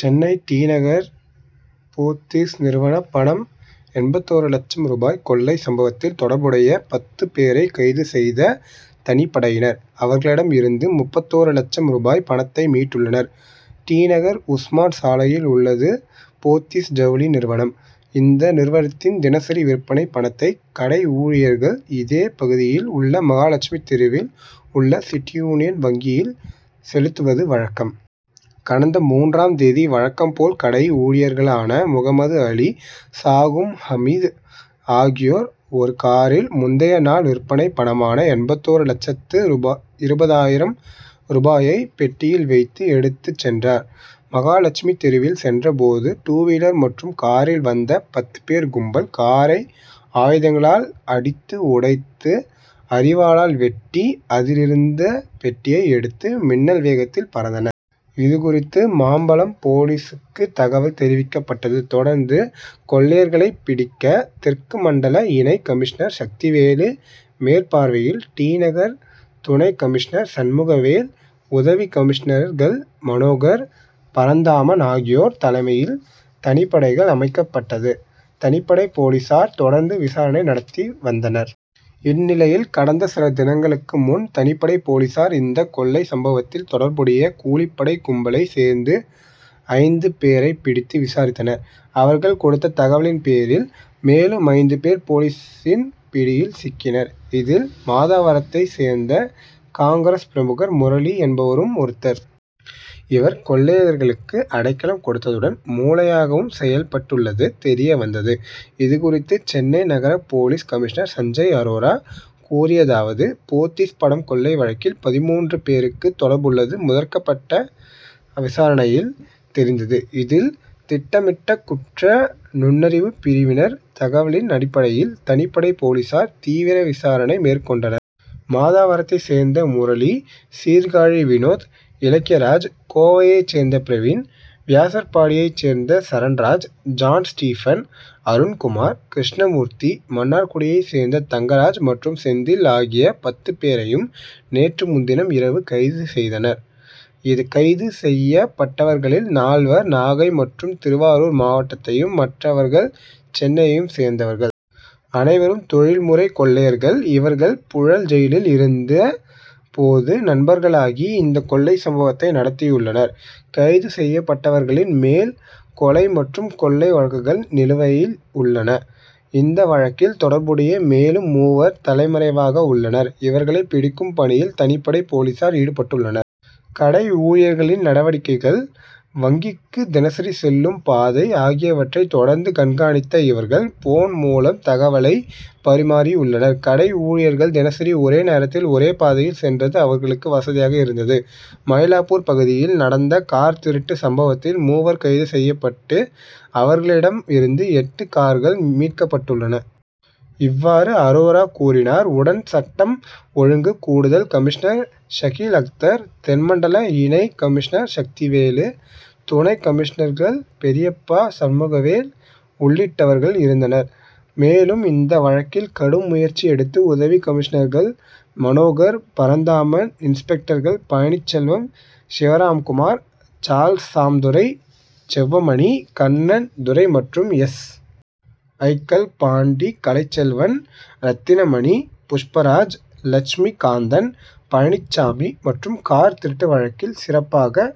சென்னை தி. நகர், போத்தீஸ் நிறுவன பணம் எண்பத்தொரு லட்சம் ரூபாய் கொள்ளை சம்பவத்தில் தொடர்புடைய பத்து பேரை கைது செய்த தனிப்படையினர், அவர்களிடம் இருந்து முப்பத்தொரு லட்சம் ரூபாய் பணத்தை மீட்டுள்ளனர். தி. நகர் உஸ்மான் சாலையில் உள்ளது போத்தீஸ் ஜவுளி நிறுவனம். இந்த நிறுவனத்தின் தினசரி விற்பனை பணத்தை, கடை ஊழியர்கள், இதே பகுதியில் உள்ள மகாலட்சுமி தெருவில் உள்ள சிட்டி யூனியன் வங்கியில் செலுத்துவது வழக்கம். கடந்த மூன்றாம் தேதி வழக்கம் போல் கடை ஊழியர்களான முகமது அலி, சாகும் ஹமீது ஆகியோர் ஒரு காரில், முந்தைய நாள் விற்பனை பணமான எண்பத்தொரு லட்சத்து ரூபாய் இருபதாயிரம் ரூபாயை பெட்டியில் வைத்து எடுத்துச் சென்றார். மகாலட்சுமி தெருவில் சென்ற போது, டூவீலர் மற்றும் காரில் வந்த பத்து பேர் கும்பல், காரை ஆயுதங்களால் அடித்து உடைத்து, அரிவாளால் வெட்டி, அதிலிருந்த பெட்டியை எடுத்து மின்னல் வேகத்தில் பறந்தனர். இதுகுறித்து, மாம்பலம் போலீசுக்கு தகவல் தெரிவிக்கப்பட்டது. தொடர்ந்து கொள்ளையர்களைப் பிடிக்க, தெற்கு மண்டல இணை கமிஷ்னர் சக்திவேலு மேற்பார்வையில் தி. நகர் துணை கமிஷ்னர் சண்முகவேல், உதவி கமிஷ்னர்கள் மனோகர், பரந்தாமன் ஆகியோர் தலைமையில் தனிப்படைகள் அமைக்கப்பட்டது. தனிப்படை போலீசார் தொடர்ந்து விசாரணை நடத்தி வந்தனர். இந்நிலையில், கடந்த சில தினங்களுக்கு முன், தனிப்படை போலீசார் இந்த கொள்ளை சம்பவத்தில் தொடர்புடைய கூலிப்படை கும்பலை சேர்ந்து ஐந்து பேரை பிடித்து விசாரித்தனர். அவர்கள் கொடுத்த தகவலின் பேரில், மேலும் ஐந்து பேர் போலீசின் பிடியில் சிக்கினர். இதில், மாதவரத்தை சேர்ந்த காங்கிரஸ் பிரமுகர் முரளி என்பவரும் ஒருத்தர். இவர், கொள்ளையர்களுக்கு அடைக்கலம் கொடுத்ததுடன், மூளையாகவும் செயல்பட்டுள்ளது தெரிய வந்தது. இதுகுறித்து, சென்னை நகர போலீஸ் கமிஷ்னர் சஞ்சய் அரோரா கூறியதாவது: போத்தீஸ் பணம் கொள்ளை வழக்கில், பதின்மூன்று பேருக்கு தொடர்புள்ளது முதற்கப்பட்ட விசாரணையில் தெரிந்தது. இதில், திட்டமிட்ட குற்ற நுண்ணறிவுப் பிரிவினர் தகவலின் அடிப்படையில் தனிப்படை போலீசார் தீவிர விசாரணை மேற்கொண்டனர். மாதவரத்தைச் சேர்ந்த முரளி, சீர்காழி வினோத், இலக்கியராஜ், கோவையைச் சேர்ந்த பிரவீன், வியாசர்பாடியைச் சேர்ந்த சரண்ராஜ், ஜான் ஸ்டீபன், அருண்குமார், கிருஷ்ணமூர்த்தி, மன்னார்குடியைச் சேர்ந்த தங்கராஜ் மற்றும் செந்தில் ஆகிய பத்து பேரையும் நேற்று முன்தினம் இரவு கைது செய்தனர். இது கைது செய்யப்பட்டவர்களில் நால்வர், நாகை மற்றும் திருவாரூர் மாவட்டத்தையும், மற்றவர்கள் சென்னையையும் சேர்ந்தவர்கள். அனைவரும் தொழில் முறை கொள்ளையர்கள். இவர்கள் புழல் ஜெயிலில் இருந்த போது நண்பர்களாகி இந்த கொள்ளை சம்பவத்தை நடத்தியுள்ளனர். கைது செய்யப்பட்டவர்களின் மேல், கொலை மற்றும் கொள்ளை வழக்குகள் நிலுவையில் உள்ளன. இந்த வழக்கில் தொடர்புடைய மேலும் மூவர் தலைமறைவாக உள்ளனர். இவர்களை பிடிக்கும் பணியில் தனிப்படை போலீசார் ஈடுபட்டுள்ளனர். கடை ஊழியர்களின் நடவடிக்கைகள், வங்கிக்கு தினசரி செல்லும் பாதை ஆகியவற்றை தொடர்ந்து கண்காணித்த இவர்கள், போன் மூலம் தகவலை பரிமாறியுள்ளனர். கடை ஊழியர்கள் தினசரி ஒரே நேரத்தில், ஒரே பாதையில் சென்றது அவர்களுக்கு வசதியாக இருந்தது. மயிலாப்பூர் பகுதியில் நடந்த கார் திருட்டு சம்பவத்தில், மூவர் கைது செய்யப்பட்டு அவர்களிடம் இருந்து எட்டு கார்கள் மீட்கப்பட்டுள்ளன. இவ்வாறு அரோரா கூறினார். உடன், சட்டம் ஒழுங்கு கூடுதல் கமிஷ்னர் ஷகீல் அக்தர், தென்மண்டல இணை கமிஷ்னர் சக்திவேலு, துணை கமிஷ்னர்கள் பெரியய்யா, சண்முகவேல் உள்ளிட்டவர்கள் இருந்தனர். மேலும், இந்த வழக்கில் கடும் முயற்சி எடுத்த உதவி கமிஷ்னர்கள் மனோகர், பரந்தாமன், இன்ஸ்பெக்டர்கள் பழனிச்செல்வம், சிவராம்குமார், சால்ஸ் சாம்துரை, செல்வமணி, கண்ணன், துரை மற்றும் எஸ். ஐ.,க்கள் பாண்டி, கலைச்செல்வன், ரத்தினமணி, புஷ்பராஜ், லட்சுமி காந்தன், பழனிச்சாமி மற்றும் கார் திருட்டு வழக்கில் சிறப்பாக